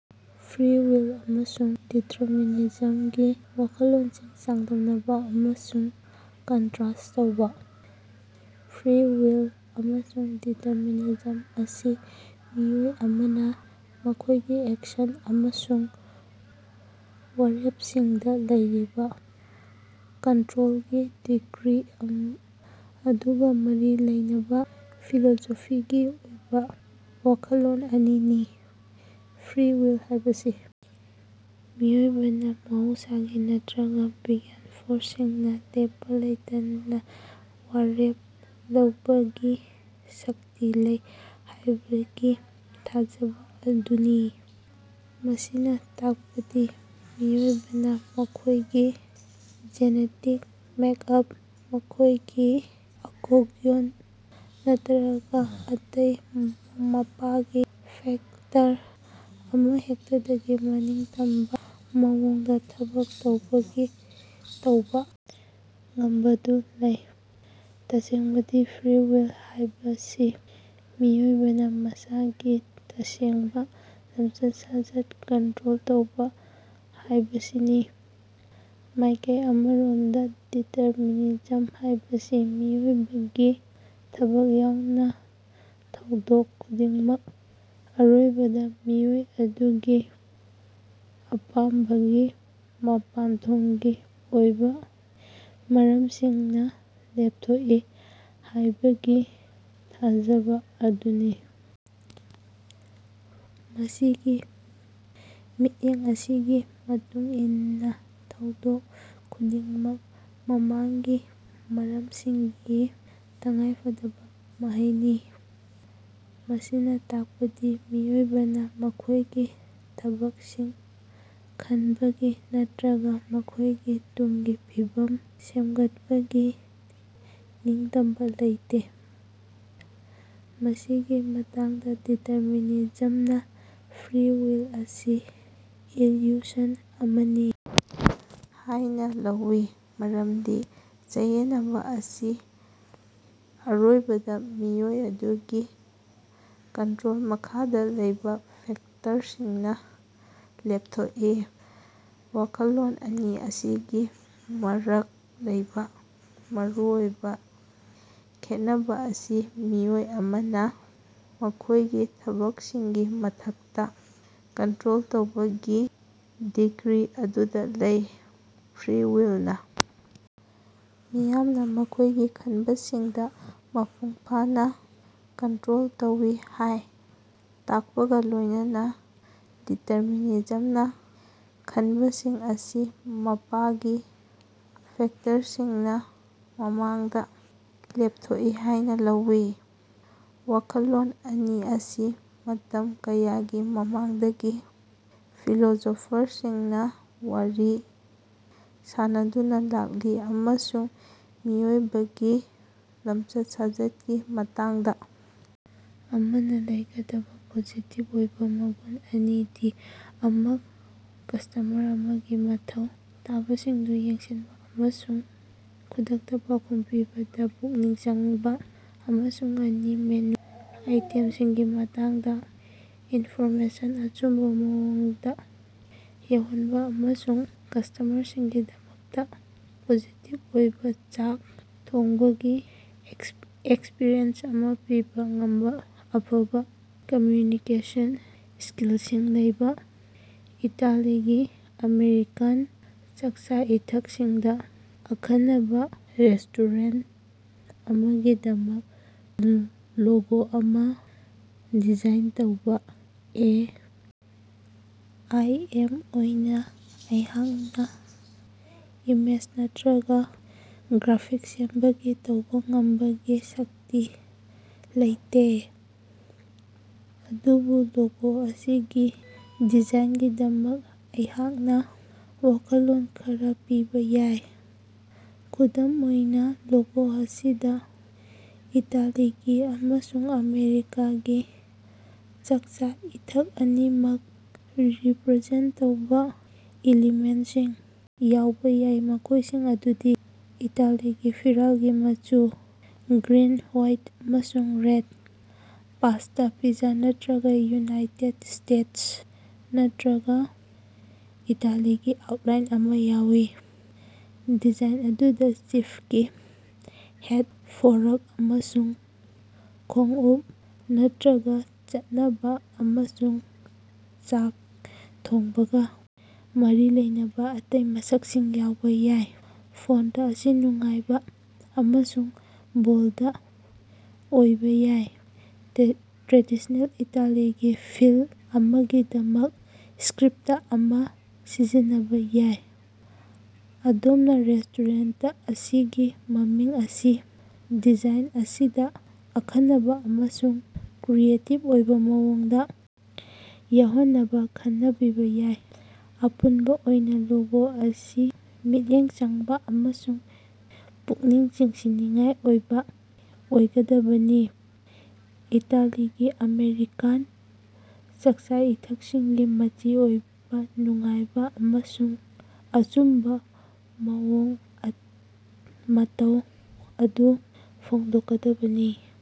Free will ꯑꯃꯁꯨꯡ ꯗꯤꯇ꯭ꯔꯃꯤꯅꯤꯖꯝꯒꯤ ꯋꯥꯈꯜꯂꯣꯟꯁꯤꯡ ꯆꯥꯡꯗꯝꯅꯕ ꯑꯃꯁꯨꯡ ꯀꯟꯇꯔꯁ꯭ꯠ ꯇꯧꯕ꯫ ꯐ꯭ꯔꯤ ꯋꯤꯜ ꯑꯃꯁꯨꯡ ꯗꯤꯇꯔꯃꯤꯅꯤꯖꯝ ꯑꯁꯤ ꯃꯤꯑꯣꯏ ꯑꯃꯅ ꯃꯈꯣꯌꯒꯤ ꯑꯦꯛꯁꯟ ꯑꯃꯁꯨꯡ ꯋꯥꯔꯦꯞꯁꯤꯡꯗ ꯂꯩꯔꯤꯕ ꯀꯟꯇ꯭ꯔꯣꯜꯒꯤ ꯗꯤꯒ꯭ꯔꯤ ꯑꯗꯨꯒ ꯃꯔꯤ ꯂꯩꯅꯕ ꯐꯤꯂꯣꯁꯣꯐꯤꯒꯤ ꯑꯣꯏꯕ ꯋꯥꯈꯜꯂꯣꯟ ꯑꯅꯤꯅꯤ꯫ ꯐ꯭ꯔꯤ ꯋꯤꯜ ꯍꯥꯏꯕꯁꯤ ꯃꯤꯑꯣꯏꯕꯅ ꯃꯍꯧꯁꯥꯒꯤ ꯅꯠꯇꯔꯒ ꯗꯤꯚꯥꯏꯟ ꯐꯣꯔ꯭ꯁ ꯁꯤꯡꯅ ꯂꯦꯞꯄ ꯂꯩꯇꯅ ꯋꯥꯔꯦꯞ ꯂꯧꯕꯒꯤ ꯁꯛꯇꯤ ꯂꯩ ꯍꯥꯏꯕꯒꯤ ꯊꯥꯖꯕ ꯑꯗꯨꯅꯤ꯫ ꯃꯁꯤꯅ ꯇꯥꯛꯄꯗꯤ ꯃꯤꯑꯣꯏꯕꯅ ꯃꯈꯣꯏꯒꯤ ꯖꯦꯅꯦꯇꯤꯛ ꯃꯦꯛꯑꯞ, ꯃꯈꯣꯏꯒꯤ ꯑꯀꯣꯌ꯭ꯔꯣꯟ ꯅꯠꯇꯔꯒ ꯑꯇꯩ ꯃꯄꯥꯒꯤ ꯐꯦꯛꯇꯔ ꯑꯃꯍꯦꯛꯇꯗꯒꯤ ꯃꯅꯤꯡꯇꯝꯕ ꯃꯑꯣꯡꯗ ꯊꯕꯛ ꯇꯧꯕꯒꯤ ꯇꯧꯕ ꯉꯝꯕꯗꯨ ꯂꯩ꯫ ꯇꯥꯁꯦꯡꯕꯗꯤ ꯐ꯭ꯔꯤ ꯋꯤꯜ ꯍꯥꯏꯕꯁꯤ ꯃꯤꯑꯣꯏꯕꯅ ꯃꯁꯥꯒꯤ ꯇꯥꯁꯦꯡꯕ ꯂꯝꯆꯠ-ꯁꯥꯖꯠꯇ ꯀꯟꯇ꯭ꯔꯣꯜ ꯇꯧꯕ ꯍꯥꯏꯕꯁꯤꯅꯤ꯫ ꯃꯥꯏꯀꯩ ꯑꯃꯔꯣꯝꯗ ꯗꯤꯇꯔꯃꯤꯅꯤꯖꯝ ꯍꯥꯏꯕꯁꯤ ꯃꯤꯑꯣꯏꯕꯒꯤ ꯊꯕꯛ ꯌꯥꯎꯅ ꯊꯧꯗꯣꯛ ꯈꯨꯗꯤꯡꯃꯛ ꯑꯔꯣꯏꯕꯗ ꯃꯤꯑꯣꯏ ꯑꯗꯨꯒꯤ ꯑꯄꯥꯝꯕꯒꯤ ꯃꯄꯥꯟꯊꯣꯡꯒꯤ ꯑꯣꯏꯕ ꯃꯔꯝꯁꯤꯡꯅ ꯂꯦꯞꯊꯣꯛꯏ ꯍꯥꯏꯕꯒꯤ ꯊꯥꯖꯕ ꯑꯗꯨꯅꯤ꯫ ꯃꯁꯤꯒꯤ ꯃꯤꯠꯌꯦꯡ ꯑꯁꯤꯒꯤ ꯃꯇꯨꯡ ꯏꯟꯅꯥ ꯊꯧꯗꯣꯛ ꯈꯨꯗꯤꯡꯃꯛ ꯃꯃꯥꯡꯒꯤ ꯃꯔꯝꯁꯤꯡꯒꯤ ꯇꯉꯥꯏꯐꯗꯕ ꯃꯍꯩꯅꯤ, ꯃꯁꯤꯅ ꯇꯥꯛꯄꯗꯤ ꯃꯤꯑꯣꯏꯕꯅ ꯃꯈꯣꯏꯒꯤ ꯊꯕꯛꯁꯤꯡ ꯈꯟꯕꯒꯤ ꯅꯠꯇꯔꯒ ꯃꯈꯣꯏꯒꯤ ꯇꯨꯡꯒꯤ ꯐꯤꯕꯝ ꯁꯦꯝꯒꯠꯄꯒꯤ ꯅꯤꯡꯇꯝꯕ ꯂꯩꯇꯦ꯫ ꯃꯁꯤꯒꯤ ꯃꯇꯥꯡꯗ, ꯗꯤꯇꯔꯃꯤꯅꯤꯖꯝ ꯅ ꯐ꯭ꯔꯤ ꯋꯤꯜ ꯑꯁꯤ ꯏꯜꯌꯨꯁꯟ ꯑꯃꯅꯤ ꯍꯥꯏꯅ ꯂꯧꯏ, ꯃꯔꯝꯗꯤ ꯆꯌꯦꯠꯅꯕ ꯑꯁꯤ ꯑꯔꯣꯏꯕꯗ ꯃꯤꯑꯣꯏ ꯑꯗꯨꯒꯤ ꯀꯇ꯭ꯔꯣꯜ ꯃꯈꯥꯗ ꯂꯩꯕ ꯐꯦꯛꯇꯔꯁꯤꯡꯅ ꯂꯦꯞꯊꯣꯛꯏ꯫ ꯋꯥꯈꯜꯂꯣꯟ ꯑꯅꯤ ꯑꯁꯤꯒꯤ ꯃꯔꯛ ꯂꯩꯕ ꯃꯔꯨꯑꯣꯏꯕ ꯈꯦꯠꯅꯕ ꯑꯁꯤ ꯃꯤꯑꯣꯏ ꯑꯃꯅ ꯃꯈꯣꯏꯒꯤ ꯊꯕꯛꯁꯤꯡꯒꯤ ꯃꯊꯛꯇ ꯀꯟꯇ꯭ꯔꯣꯜ ꯇꯧꯕꯒꯤ ꯗꯤꯒ꯭ꯔꯤ ꯑꯗꯨꯗ ꯂꯩ꯫ ꯐ꯭ꯔꯤ ꯋꯤꯜꯅ ꯃꯤꯌꯥꯝꯅ ꯃꯈꯣꯏꯒꯤ ꯈꯟꯕꯁꯤꯡꯗ ꯃꯄꯨꯡ ꯐꯥꯅ ꯀꯟꯇ꯭ꯔꯣꯜ ꯇꯧꯏ ꯍꯥꯏ ꯇꯥꯛꯄꯒ ꯂꯣꯏꯅꯅ ꯗꯤꯇꯔꯃꯤꯅꯤꯖꯝꯅ ꯈꯟꯕꯁꯤꯡ ꯑꯁꯤ ꯃꯄꯥꯒꯤ ꯐꯦꯛꯇꯔꯁꯤꯡꯅ ꯃꯃꯥꯡꯗ ꯂꯦꯞꯊꯣꯛꯏ ꯍꯥꯏꯅ ꯂꯧꯏ꯫ ꯋꯥꯈꯜꯂꯣꯟ ꯑꯅꯤ ꯑꯁꯤ ꯃꯇꯝ ꯀꯌꯥꯒꯤ ꯃꯃꯥꯡꯗꯒꯤ ꯐꯤꯂꯣꯁꯣꯐꯔꯁꯤꯡꯅ ꯋꯥꯔꯤ ꯁꯥꯅꯗꯨꯅ ꯂꯥꯛꯂꯤ ꯑꯃꯁꯨꯡ ꯃꯤꯑꯣꯏꯕꯒꯤ ꯂꯝꯆꯠ-ꯁꯥꯖꯠꯀꯤ ꯃꯇꯥꯡꯗ ꯑꯃꯅ ꯂꯩꯒꯗꯕ ꯄꯣꯖꯤꯇꯤꯚ ꯑꯣꯏꯕ ꯃꯒꯨꯟ ꯑꯅꯤꯗꯤ ꯑꯃꯀꯁꯇꯃꯔ ꯑꯃꯒꯤ ꯃꯊꯧ ꯇꯥꯕꯁꯤꯡꯗꯨ ꯌꯦꯡꯁꯤꯟꯕ ꯑꯃꯁꯨꯡ ꯈꯨꯗꯛꯇ ꯄꯥꯎꯈꯨꯝ ꯄꯤꯕꯗ ꯄꯨꯛꯅꯤꯡ ꯆꯪꯕ, ꯑꯃꯁꯨꯡ ꯑꯅꯤ ꯃꯦꯅꯨ ꯑꯥꯏꯇꯦꯝꯁꯤꯡꯒꯤ ꯃꯇꯥꯡꯗ ꯏꯟꯐꯣꯔꯃꯦꯁꯟ ꯑꯆꯨꯝꯕ ꯃꯑꯣꯡꯗ ꯌꯧꯍꯟꯕ ꯑꯃꯁꯨꯡ ꯀꯁꯇꯥꯃꯔꯒꯤꯗꯃꯛꯇ ꯄꯣꯖꯤꯇꯤꯚ ꯑꯣꯏꯕ ꯆꯥꯛ ꯊꯣꯡꯕꯒꯤ ꯑꯦꯛꯁꯄ꯭ꯔꯤꯌꯦꯟꯁ ꯑꯃ ꯄꯤꯕ ꯉꯝꯕ ꯑꯐꯕ ꯀꯝꯃ꯭ꯌꯨꯅꯤꯀꯦꯁꯟ ꯁ꯭ꯀꯤꯜꯁꯤꯡ ꯂꯩꯕ꯫ ꯏꯇꯥꯂꯤꯒꯤ-ꯑꯃꯦꯔꯤꯀꯥꯟ ꯆꯥꯛꯆꯥ-ꯏꯊꯛꯁꯤꯡꯗ ꯑꯈꯟꯅꯕ ꯔꯦꯁ꯭ꯇꯣꯔꯦꯟꯇ ꯑꯃꯒꯤꯗꯃꯛ ꯂꯣꯒꯣ ꯑꯃ ꯗꯤꯖꯥꯏꯟ ꯇꯧꯕ꯫ ꯑꯦ. ꯑꯥꯏ. ꯑꯦꯝ ꯑꯣꯏꯅ ꯑꯩꯍꯥꯛꯅ ꯏꯃꯦꯖ ꯅꯠꯇꯔꯒ ꯒ꯭ꯔꯥꯐꯤꯛꯁ ꯁꯦꯝꯕꯒꯤ ꯇꯧꯕ ꯉꯝꯕꯒꯤ ꯁꯛꯇꯤ ꯂꯩꯇꯦ꯫ ꯑꯗꯨꯕꯨ ꯂꯣꯒꯣ ꯑꯁꯤꯒꯤ ꯗꯤꯖꯥꯏꯟꯒꯤꯗꯃꯛ ꯑꯩꯍꯥꯛꯅ ꯋꯥꯈꯜꯂꯣꯟ ꯈꯔ ꯄꯤꯕ ꯌꯥꯏ꯫ ꯈꯨꯗꯝ ꯑꯣꯏꯅ, ꯂꯣꯒꯣ ꯑꯁꯤꯗ ꯏꯇꯥꯂꯤꯒꯤ ꯑꯃꯁꯨꯡ ꯑꯥꯃꯦꯔꯤꯀꯥꯒꯤ ꯆꯥꯛꯆꯥ-ꯏꯊꯛ ꯑꯅꯤꯃꯛ ꯔꯤꯄꯔꯖꯦꯟꯠ ꯇꯧꯕ ꯏꯂꯤꯃꯦꯟꯠꯁꯤꯡ ꯌꯥꯎꯕ ꯌꯥꯏ, ꯃꯈꯣꯏꯁꯤꯡ ꯑꯗꯨꯗꯤ ꯏꯇꯥꯂꯤꯒꯤ ꯐꯤꯔꯥꯜꯒꯤ ꯃꯆꯨ (ꯒ꯭ꯔꯤꯟ, ꯍꯋ꯭ꯥꯏꯠ, ꯑꯃꯁꯨꯡ ꯔꯦꯗ), ꯄꯥꯁ꯭ꯇꯥ, ꯄꯤꯖꯥ ꯅꯠꯇꯔꯒ ꯌꯨꯅꯥꯏꯇꯦꯗ ꯁ꯭ꯇꯦꯠꯁ ꯅꯠꯇꯔꯒ ꯏꯇꯥꯂꯤꯒꯤ ꯑꯥꯎꯠꯂꯥꯏꯟ ꯑꯃꯥ ꯌꯥꯎꯏ꯫ ꯗꯤꯖꯥꯏꯟ ꯑꯗꯨꯗ ꯆꯦꯐꯀꯤ ꯍꯦꯠ, ꯐꯣꯔꯛ ꯑꯃꯁꯨꯡ ꯈꯣꯡꯎꯞ, ꯅꯠꯇꯔꯒ ꯆꯥꯅꯕ ꯑꯃꯁꯨꯡ ꯆꯥꯛ ꯊꯣꯡꯕꯒ ꯃꯔꯤ ꯂꯩꯅꯕ ꯑꯇꯩ ꯃꯁꯛꯁꯤꯡ ꯌꯥꯎꯕ ꯌꯥꯏ꯫ ꯐꯣꯟꯇ ꯑꯁꯤ ꯅꯨꯡꯉꯥꯏꯕ ꯑꯃꯁꯨꯡ ꯕꯣꯜꯗ ꯑꯣꯏꯕ ꯌꯥꯏ, ꯇ꯭ꯔꯦꯗꯤꯁ꯭ꯅꯦꯜ ꯏꯇꯥꯂꯤꯒꯤ ꯐꯤꯜ ꯑꯃꯒꯤꯗꯃꯛ ꯁ꯭ꯀꯔꯤꯞꯇ ꯑꯃ ꯁꯤꯖꯤꯟꯅꯕ ꯌꯥꯏ꯫ ꯑꯗꯣꯝꯅ ꯔꯦꯁ꯭ꯇꯣꯔꯦꯟꯇ ꯑꯁꯤꯒꯤ ꯃꯃꯤꯡ ꯑꯁꯤ ꯗꯤꯖꯥꯏꯟ ꯑꯁꯤꯗ ꯑꯈꯟꯅꯕ ꯑꯃꯁꯨꯡ ꯀ꯭ꯔꯤꯌꯦꯇꯤꯕ ꯑꯣꯏꯕ ꯃꯑꯣꯡꯗ ꯌꯥꯎꯍꯟꯅꯕ ꯈꯟꯅꯕꯤꯕ ꯌꯥꯏ꯫ ꯑꯄꯨꯟꯕ ꯑꯣꯏꯅ ꯂꯣꯒꯣ ꯑꯁꯤ ꯃꯤꯠꯌꯦꯡ ꯆꯪꯕ ꯑꯃꯁꯨꯡ ꯄꯨꯛꯅꯤꯡ ꯆꯤꯡꯁꯤꯟꯅꯤꯡꯉꯥꯏ ꯑꯣꯏꯕ ꯑꯣꯏꯒꯗꯕꯅꯤ, ꯏꯇꯥꯂꯤꯒꯤ-ꯑꯥꯃꯦꯔꯤꯀꯥꯟ ꯆꯥꯛꯆꯥ-ꯏꯊꯛꯁꯤꯡꯒꯤ ꯃꯆꯤ ꯑꯣꯏꯕ, ꯅꯨꯡꯉꯥꯏꯕ ꯑꯃꯁꯨꯡ ꯑꯆꯨꯝꯕ ꯃꯑꯣꯡ ꯃꯇꯧ ꯑꯗꯨ ꯐꯣꯡꯗꯣꯛꯀꯗꯕꯅꯤ꯫